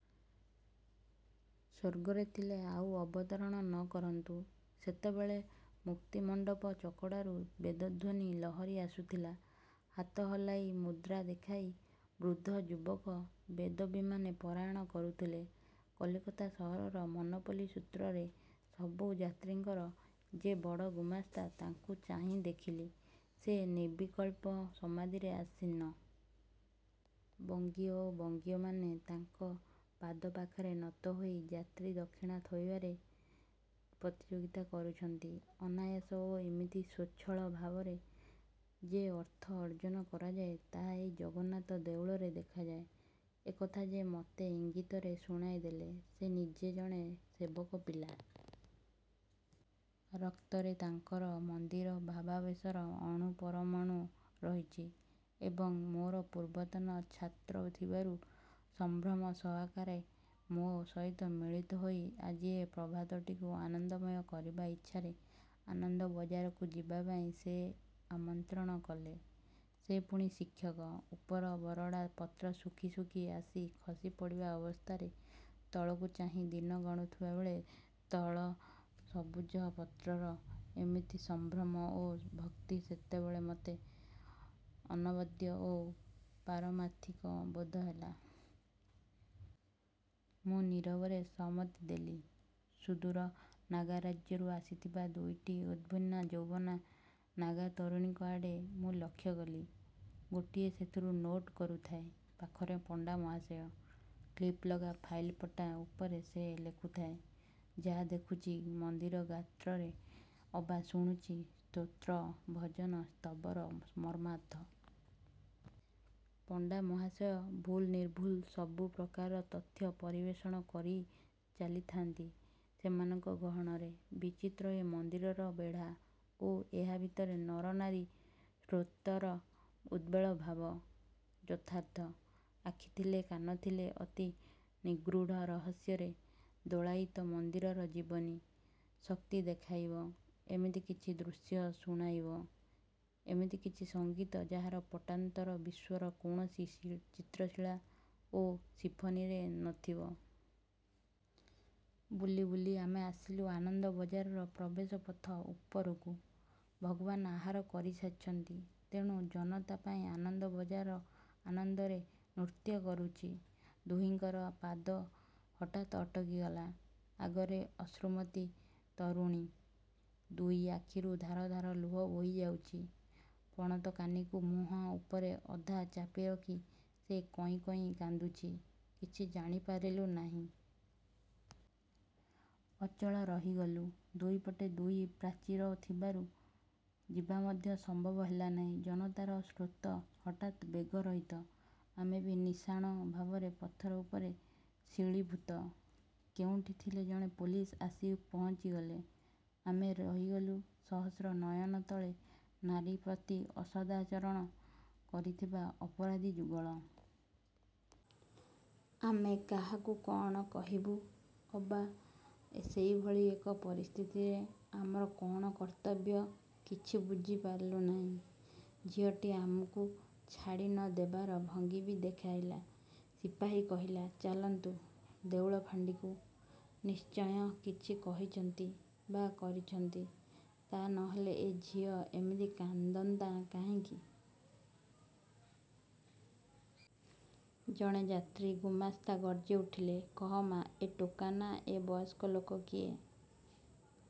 ସ୍ୱର୍ଗରେ ଥିଲେ ଆଉ ଅବତରଣ ନ କରନ୍ତୁ। ସେତେବେଳେ ମୁକ୍ତିମଣ୍ଡପ ଚକଡ଼ାରୁ ବେଦଧ୍ଵନୀ ଲହରୀ ଆସୁଥିଲା। ହାତ ହଲାଇ, ମୁଦ୍ରା ଦେଖାଇ ବୃଦ୍ଧ ଯୁବକ ବେଦବିମାନେ ପରାୟଣ କରୁଥିଲେ। କଲିକତା ସହରର ମୋନୋପଲି ସୂତ୍ରରେ ସବୁ ଯାତ୍ରୀଙ୍କର ଯେ ବଡ଼ ଗୁମାସ୍ତା, ତାଙ୍କୁ ଚାହିଁ ଦେଖିଲି, ସେ ନିର୍ବିକଳ୍ପ ସମାଧିରେ ଆସୀନ। ବଙ୍ଗୀୟ ଓ ବଙ୍ଗୀୟମାନେ ତାଙ୍କ ପାଦ ପାଖରେ ନତ ହୋଇ ଯାତ୍ରୀ ଦକ୍ଷିଣା ଥୋଇବାରେ ପ୍ରତିଯୋଗିତା କରୁଛନ୍ତି। ଅନାୟାସ ଓ ଇମିତି ସ୍ୱଚ୍ଛଳ ଭାବରେ ଯେ ଅର୍ଥ ଅର୍ଜନ କରାଯାଏ, ତାହା ଏହି ଜଗନ୍ନାଥ ଦେଉଳରେ ଦେଖାଯାଏ। ଏକଥା ଯେ ମତେ ଇଙ୍ଗିତରେ ଶୁଣାଇଦେଲେ, ସେ ନିଜେ ଜଣେ ସେବକ ପିଲା। ରକ୍ତରେ ତାଙ୍କର ମନ୍ଦିର ଭାବାବେଶର ଅଣୁ ପରମାଣୁ ରହିଛି ଏବଂ ମୋର ପୂର୍ବତନ ଛାତ୍ର ଥିବାରୁ ସଂଭ୍ରମ ସହକାରେ ମୋ ସହିତ ମିଳିତହୋଇ ଆଜି ଏ ପ୍ରଭାତଟିକୁ ଆନନ୍ଦମୟ କରିବା ଇଚ୍ଛାରେ ଅନନ୍ଦବଜାରକୁ ଯିବା ପାଇଁ ସେ ଆମନ୍ତ୍ରଣ କଲେ। ସେ ପୁଣି ଶିକ୍ଷକ। ଉପର ବରଡ଼ା ପତ୍ର ଶୁଖି ଶୁଖି ଆସି ଖସି ପଡ଼ିବା ଅବସ୍ଥାରେ ତଳକୁ ଚାହିଁ ଦିନ ଗଣୁଥିବାବେଳେ ତଳ ସବୁଜ ପତ୍ରର ଏତିକି ସଂଭ୍ରମ ଓ ଭକ୍ତି ସେତେବେଳେ ମତେ ଅନବଦ୍ୟ ଓ ପାରମାର୍ଥିକ ବୋଧହେଲା। ମୁଁ ନୀରବରେ ସମ୍ମତି ଦେଲି। ସୁଦୂର ନାଗାରାଜ୍ୟରୁ ଆସିଥିବା ଦୁଇଟି ଉଦ୍ଭିନ୍ନଯୌବନା ନାଗା ତରୁଣୀଙ୍କ ଆଡ଼େ ମୁଁ ଲକ୍ଷ କଲି। ଗୋଟିଏ ସେଥିରୁ ନୋଟ୍ କରୁଥାଏ। ପାଖରେ ପଣ୍ଡା ମହାଶୟ। କ୍ଲିପ୍ ଲଗା ଫାଇଲ୍ ପଟା ଉପରେ ସେ ଲେଖୁଥାଏ, ଯାହା ଦେଖୁଛି ମନ୍ଦିର ଗାତ୍ରରେ ଅବା ଶୁଣୁଛି ସ୍ତୋତ୍ର, ଭଜନ, ସ୍ତବର ମର୍ମାର୍ଥ। ପଣ୍ଡାମହାଶୟ ଭୁଲ୍ନିର୍ଭୁଲ ସବୁ ପ୍ରକାର ତଥ୍ୟ ପରିବେଷଣ କରି ଚାଲିଥାନ୍ତି ସେମାନଙ୍କ ଗହଣରେ। ବିଚିତ୍ର ଏ ମନ୍ଦିରର ବେଢ଼ା ଓ ଏହା ଭିତରେ ନରନାରୀ ସ୍ରୋତର ଉଦ୍ବେଳ ଭାବ! ଯଥାର୍ଥ ଆଖି ଥିଲେ, କାନ ଥିଲେ, ଅତି ନିଗୂଢ଼ ରହସ୍ୟରେ ଦୋଳାୟିତ ମନ୍ଦିରର ଜୀବନୀ ଶକ୍ତି ଦେଖାଇବ ଏମିତି କିଛି ଦୃଶ୍ୟ, ଶୁଣାଇବ ଏମିତି କିଛି ସଙ୍ଗୀତ ଯାହାର ପଟାନ୍ତର ବିଶ୍ଵର କେଉଁ ଚିତ୍ରଶାଳା ଓ ସିଂଫନିରେ ନଥିବ। ବୁଲି ବୁଲି ଆମେ ଆସିଲୁ ଆନନ୍ଦବଜାରର ପ୍ରବେଶ ପଥ ଉପରକୁ ଭଗବାନ ଆହାର କରିସାରିଛନ୍ତି, ତେଣୁ ଜନତା ପାଇଁ ଆନନ୍ଦବଜାର ଆନନ୍ଦରେ ନୃତ୍ୟ କରୁଛି। ଦୁହିଁଙ୍କର ପାଦ ହଠାତ୍ ଅଟକିଗଲା। ଆଗରେ ଅଶ୍ରୁମତୀ ତରୁଣୀ। ଦୁଇ ଆଖିରୁ ଧାର ଧାର ଲୁହ ବୋହି ଯାଉଛି। ପଣତକାନିକୁ ମୁହଁ ଉପରେ ଅଧା ଚାପିରଖି ସେ କଇଁ କଇଁ କାନ୍ଦୁଛି, କିଛି ଜାଣିପାରିଲୁ ନାହିଁ। ଅଚଳ ରହିଗଲୁ। ଦୁଇପଟେ ଦୁଇ ପ୍ରାଚୀର ଥିବାରୁ ଯିବା ମଧ୍ୟ ସମ୍ଭବ ହେଲା ନାହିଁ। ଜନତାର ସ୍ରୋତ ହଠାତ୍ ବେଗରହିତ। ଆମେ ବି ନିଶାଣ ଭାବରେ ପଥର ଉପରେ ଶିଳୀଭୂତ। କେଉଁଠି ଥିଲେ ଜଣେ ପୁଲିସ୍ ଆସି ପହଞ୍ଚିଗଲେ। ଆମେ ରହିଗଲୁ ସହସ୍ର ନୟନ ତଳେ-ନାରୀ ପ୍ରତି ଅସଦାଚରଣ କରିଥିବା ଅପରାଧୀଯୁଗଳ। ଆମେ କାହାକୁ କଣ କହିବୁ ଅବା ସେଭଳି ଏକ ପରିସ୍ଥିତିରେ ଆମର କଅଣ କର୍ତ୍ତବ୍ୟ, କଛି ବୁଝିପାରିଲୁ ନାହିଁ। ଝିଅଟି ଆମକୁ ଛାଡ଼ି ନ ଦେବାର ଭଙ୍ଗୀ ବି ଦେଖାଇଲା। ସିପାହୀ କହିଲା–ଚାଲନ୍ତୁ ଦେଉଳ ଫାଣ୍ଡିକୁ। ନିଶ୍ଚୟ କିଛି କହିଛନ୍ତି ବା କରିଛନ୍ତି, ତାହା ନହେଲେ ଏ ଝିଅ ଏମିତି କାନ୍ଦନ୍ତା କାହିଁକି? ଜଣେ ଯାତ୍ରୀ ଗୁମସ୍ତା ଗର୍ଜିଉଠିଲେ–କହ ମା, ଏ ଟୋକା ନା ଏ ବୟସ୍କ ଲୋକ–କିଏ